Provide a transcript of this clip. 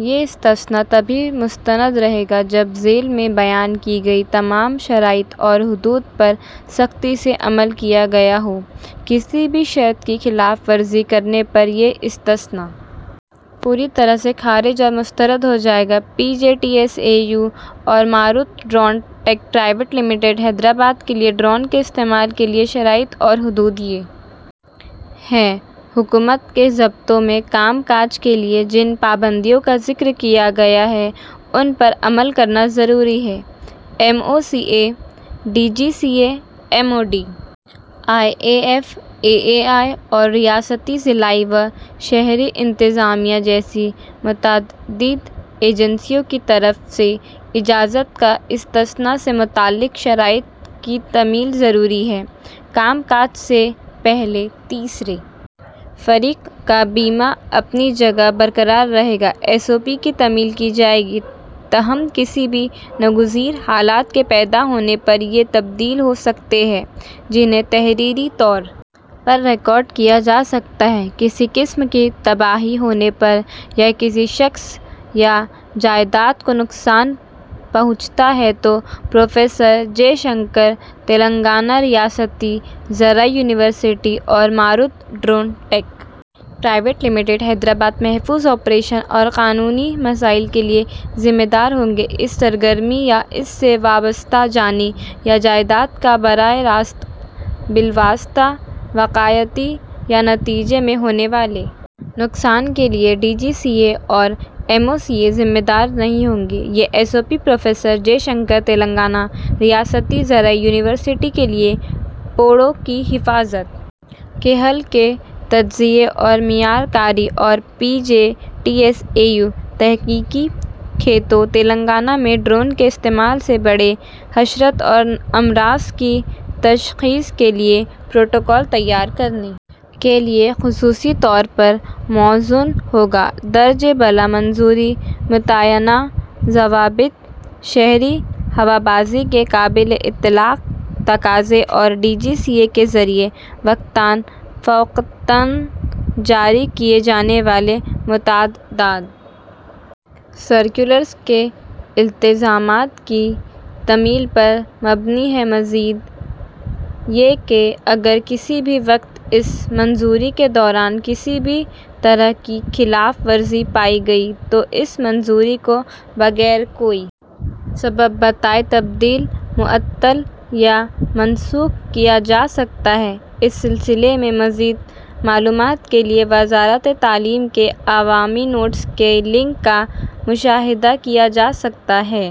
یہ استثنیٰ تبھی مستند رہے گا جب ذیل میں بیان کی گئی تمام شرائط اور حدود پر سختی سے عمل کیا گیا ہو کسی بھی شرط کی خلاف ورزی کرنے پر یہ استثنیٰ پوری طرح سے خارج اور مسترد ہو جائے گا P J T S A U اور Marut drone tech private limited Hyderabad کے لیے ڈرون کے استعمال کے لیے شرائط اور حدود یہ ہیں حکومت کے ضابطوں میں کام کاج کے لیے جن پابندیوں کا ذکر کیا گیا ہے ان پر عمل کرنا ضروری ہے M O C A D G C A M O D I A F A A I اور ریاستی ضلعی و شہری انتظامیہ جیسی متعدد ایجنسیوں کی طرف سے اجازت یا استثنیٰ سے متعلق شرائط کی تعمیل ضروری ہے کام کاج سے پہلے تیسرے فریق کا بیمہ اپنی جگہ برقرار رہے گا ایس او پی کی تعمیل کی جائے گی تاہم کسی بھی ناگزیر حالات کے پیدا ہونے پر یہ تبدیل ہو سکتے ہیں جنہیں تحریری طور پر ریکارڈ کیا جا سکتا ہے کسی قسم کی تباہی ہونے پر یا کسی شخص یا جائیداد کو نقصان پہنچتا ہے تو پروفیسر جے شنکر تلنگانہ ریاستی زرعی یونیورسٹی اور Marut drone tech private limited Hyderabad محفوظ آپریشن اور قانونی مسائل کے لیے ذمہ دار ہوں گے اس سرگرمی یا اس سے وابستہ جانی یا جائیداد کے براہ راست بالواسطہ واقعاتی یا نتیجے میں ہونے والے نقصان کے لیے ڈی جی سی اے اور ایم او سی اے ذمہ دار نہیں ہوں گے یہ S O P professor J Shankar Telangana ریاستی زرعی یونیورسٹی کے لیے پودوں کی حفاظت کے حل کے تجزیے اور معیار کاری اور P J T S A U تحقیقی کھیتوں تلنگانہ میں ڈرون کے استعمال سے بڑے حشرات اور امراض کی تشخیص کے لیے پروٹوکول تیار کرنے کے لیے خصوصی طور پر موزوں ہو گا درج بالا منظوری متعینہ ضوابط شہری ہوابازی کے قابل اطلاق تقاضے اور ڈی جی سی اے کے ذریعہ وقتاً فوقتاً جاری کیے جانے والے متعدد سرکلرز کے التزامات کی تعمیل پر مبنی ہے مزید یہ کہ اگر کسی بھی وقت اس منظوری کے دوران کسی بھی طرح کی خلاف ورزی پائی گئی تو اس منظوری کو بغیر کوئی سبب بتائے تبدیل معطل یا منسوخ کیا جا سکتا ہے اس سلسلے میں مزید معلومات کے لیے وزارتِ تعلیم کے عوامی نوٹس کے لنک کا مشاہدہ کیا جا سکتا ہے